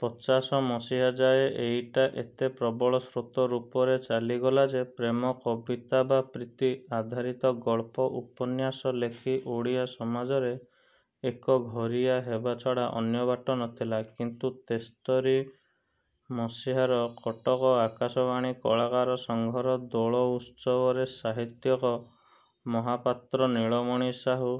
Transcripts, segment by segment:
ପଚାଶ ମସିହା ଯାଏ ଏଇଟା ଏତେ ପ୍ରବଳ ସ୍ରୋତ ରୂପରେ ଚାଲିଥିଲା ଯେ ପ୍ରେମ କବିତା ବା ପ୍ରୀତି-ଆଧାରିତ ଗଳ୍ପ ଉପନ୍ୟାସ ଲେଖି ଓଡ଼ିଆ ସମାଜରେ ଏକଘରିଆ ହେବାଛଡ଼ା ଅନ୍ୟବାଟ ନ ଥିଲା। କିନ୍ତୁ ତେସ୍ତରୀ ମସିହାର କଟକ ଆକାଶବାଣୀ କଳାକାର ସଂଘର ଦୋଳ ଉତ୍ସବରେ ସାହିତ୍ୟିକ ମହାପାତ୍ର ନୀଳମଣି ସାହୁ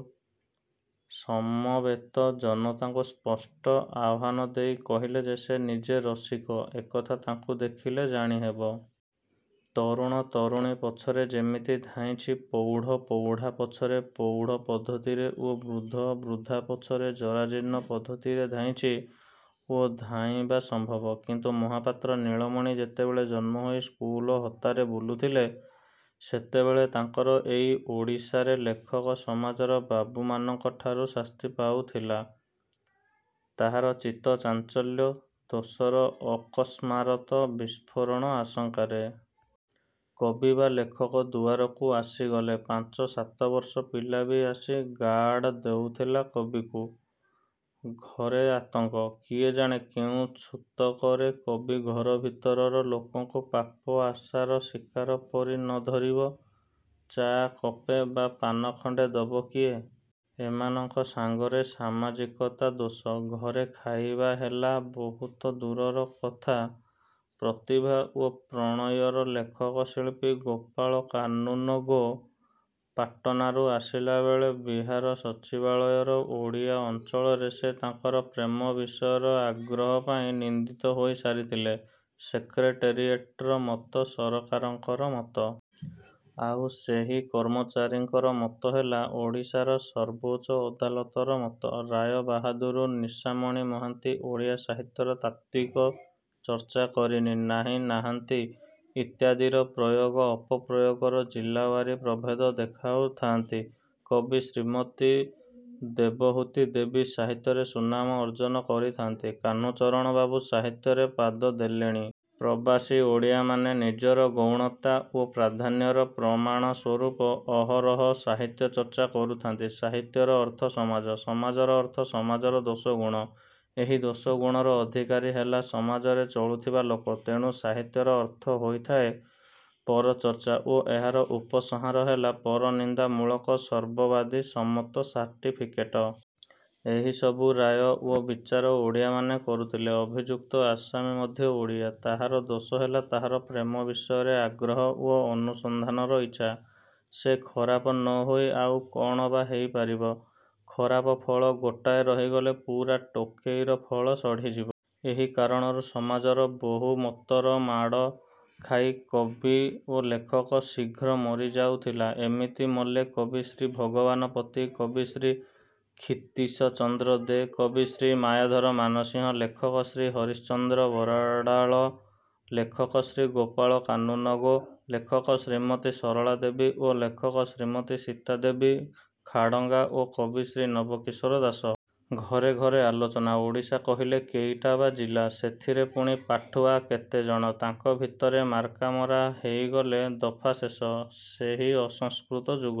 ସମବେତ ଜନତାଙ୍କୁ ସ୍ପଷ୍ଟ ଆହ୍ୱାନ ଦେଇ କହିଲେ ଯେ ସେ ନିଜେ ରସିକ-ଏକଥା ତାଙ୍କୁ ଦେଖିଲେ ଜାଣିହେବ। ତରୁଣ ତରୁଣୀ ପଛରେ ଯେମିତି ଧାଇଁଛି ପ୍ରୌଢ଼ ପ୍ରୌଢ଼ା ପଛରେ ପ୍ରୌଢ଼ ପଦ୍ଧତିରେ ଓ ବୃଦ୍ଧ ବୃଦ୍ଧା ପଛରେ ଜରାଜୀର୍ଣ୍ଣ ପଦ୍ଧତିରେ ଧାଇଁଛି ଓ ଧାଇଁବା ସମ୍ଭବ। କିନ୍ତୁ ମହାପାତ୍ର ନୀଳମଣି ଯେତେବେଳେ ଜନ୍ମ ହୋଇ ସ୍କୁଲ ହତାରେ ବୁଲୁଥିଲେ ସେତେବେଳେ ତାଙ୍କର ଏଇ ଓଡ଼ିଶାରେ ଲେଖକ ସମାଜର ବାବୁମାନଙ୍କଠାରୁ ଶାସ୍ତି ପାଉଥିଲା-ତାହାର ଚିତ୍ତ ଚାଞ୍ଚଲ୍ୟ ଦୋଷର ଅକସ୍ମାରତ ବିସ୍ଫୋରଣ ଆଶଙ୍କାରେ। କବି ବା ଲେଖକ ଦୁଆରକୁ ଆସିଗଲେ ପାଞ୍ଚ ସାତବର୍ଷ ପିଲା ବି ଆସି ଗାର୍ଡ଼ ଦେଉଥିଲା କବିକୁ। ଘରେ ଆତଙ୍କ-କିଏ ଜାଣେ କେଉଁ ଛୁତକରେ କବି ଘର ଭିତରର ଲୋକଙ୍କୁ ପାପ ଆଶାର ଶିକାର ପରି ନ ଧରିବ? ଚା' କପେ ବା ପାନ ଖଣ୍ତେ ଦବ କିଏ? ଏମାନଙ୍କ ସାଙ୍ଗରେ ସାମାଜିକତା ଦୋଷ। ଘରେ ଖାଇବା ହେଲା ବହୁତ ଦୂରର କଥା। ପ୍ରତିଭା ଓ ପ୍ରଣୟର ଲେଖକ ଶିଳ୍ପୀ ଗୋପାଳ କାନୁନଗୋ ପାଟନାରୁ ଆସିଲାବେଳେ ବିହାର ସଚିବାଳୟର ଓଡ଼ିଆ ଅଞ୍ଚଳରେ ସେ ତାଙ୍କର ପ୍ରେମ ବିଷୟର ଆଗ୍ରହ ପାଇଁ ନିନ୍ଦିତ ହୋଇ ସାରିଥିଲେ। ସେକ୍ରେଟରିଏଟ୍ର ମତ ସରକାରଙ୍କର ମତ। ଆଉ ସେହି କର୍ମଚାରୀଙ୍କର ମତ ହେଲା ଓଡ଼ିଶାର ସର୍ବୋଚ୍ଚ ଅଦାଲତର ମତ। ରାୟ ବାହାଦୁର ନିଶାମଣି ମହାନ୍ତି ଓଡ଼ିଆ ସାହିତ୍ୟର ତାତ୍ତ୍ୱିକ ଚର୍ଚ୍ଚାକରି ନି-ନାହିଁ-ନାହାନ୍ତି ଇତ୍ୟାଦିର ପ୍ରୟୋଗ ଅପପ୍ରୟୋଗର ଜିଲ୍ଲାୱାରୀ ପ୍ରଭେଦ ଦେଖାଉଥାନ୍ତି। କବି ଶ୍ରୀମତୀ ଦେବହୂତି ଦେବୀ ସାହିତ୍ୟରେ ସୁନାମ ଅର୍ଜନ କରିଥାନ୍ତି। କାହ୍ନୁଚରଣବାବୁ ସାହିତ୍ୟରେ ପାଦ ଦେଲେଣି। ପ୍ରବାସୀ ଓଡ଼ିଆମାନେ ନିଜର ଗୌଣତା ଓ ପ୍ରାଧାନ୍ୟର ପ୍ରମାଣ ସ୍ୱରୂପ ଅହରହ ସାହିତ୍ୟ ଚର୍ଚ୍ଚା କରୁଥାନ୍ତି। ସାହିତ୍ୟର ଅର୍ଥ ସମାଜ। ସମାଜର ଅର୍ଥ ସମାଜର ଦୋଷ ଗୁଣ। ଏହି ଦୋଷଗୁଣର ଅଧିକାରୀ ହେଲା ସମାଜରେ ଚଳୁଥିବା ଲୋକ। ତେଣୁ ସାହିତ୍ୟର ଅର୍ଥ ହୋଇଥାଏ ପରଚର୍ଚ୍ଚା ଓ ଏହାର ଉପସଂହାର ହେଲା ପରନିନ୍ଦାମୂଳକ ସର୍ବବାଦୀ ସମ୍ମତ ସାର୍ଟିଫିକେଟ। ଏହିସବୁ ରାୟ ଓ ବିଚାର ଓଡ଼ିଆମାନେ କରୁଥିଲେ। ଅଭିଯୁକ୍ତ ଆସାମୀ ମଧ୍ୟ ଓଡ଼ିଆ। ତାହାର ଦୋଷ ହେଲା ତାହାର ପ୍ରେମ ବିଷୟରେ ଆଗ୍ରହ ଓ ଅନୁସନ୍ଧାନର ଇଚ୍ଛା। ସେ ଖରାପ ନ ହୋଇ ଆଉ କ'ଣ ବା ହେଇ ପାରିବ? ଖରାପ ଫଳ ଗୋଟାଏ ରହିଗଲେ ପୁରା ଟୋକେଇର ଫଳ ସଢ଼ିଯିବ। ଏହି କାରଣରୁ ସମାଜର ବହୁ ମତର ମାଡ଼ ଖାଇ କବି ଓ ଲେଖକ ଶୀଘ୍ର ମରିଯାଉଥିଲା। ଏମିତି ମଲେ କବି ଶ୍ରୀ ଭଗବାନ ପତି, କବି ଶ୍ରୀ କ୍ଷିତୀଶ ଚନ୍ଦ୍ର ଦେ, କବି ଶ୍ରୀ ମାୟାଧର ମାନସିଂହ, ଲେଖକ ଶ୍ରୀ ହରିଶ୍ଚନ୍ଦ୍ର ବଡ଼ାଲ, ଲେଖକ ଶ୍ରୀ ଗୋପାଳ କାନୁନଗୋ, ଲେଖକ ଶ୍ରୀମତୀ ସରଳା ଦେବୀ ଓ ଲେଖକ ଶ୍ରୀମତୀ ସୀତା ଦେବୀ ଖାଡ଼ଙ୍ଗା ଓ କବି ଶ୍ରୀ ନବ କିଶୋର ଦାସ। ଘରେ ଘରେ ଆଲୋଚନା। ଓଡ଼ିଶା କହିଲେ କେଇଟା ବା ଜିଲ୍ଲା-ସେଥିରେ ପୁଣି ପାଠୁଆ କେତେ ଜଣ? ତାଙ୍କ ଭିତରେ ମାର୍କାମରା ହେଇଗଲେ ଦଫା ଶେଷ। ସେହି ଅସଂସ୍କୃତ ଯୁଗରେ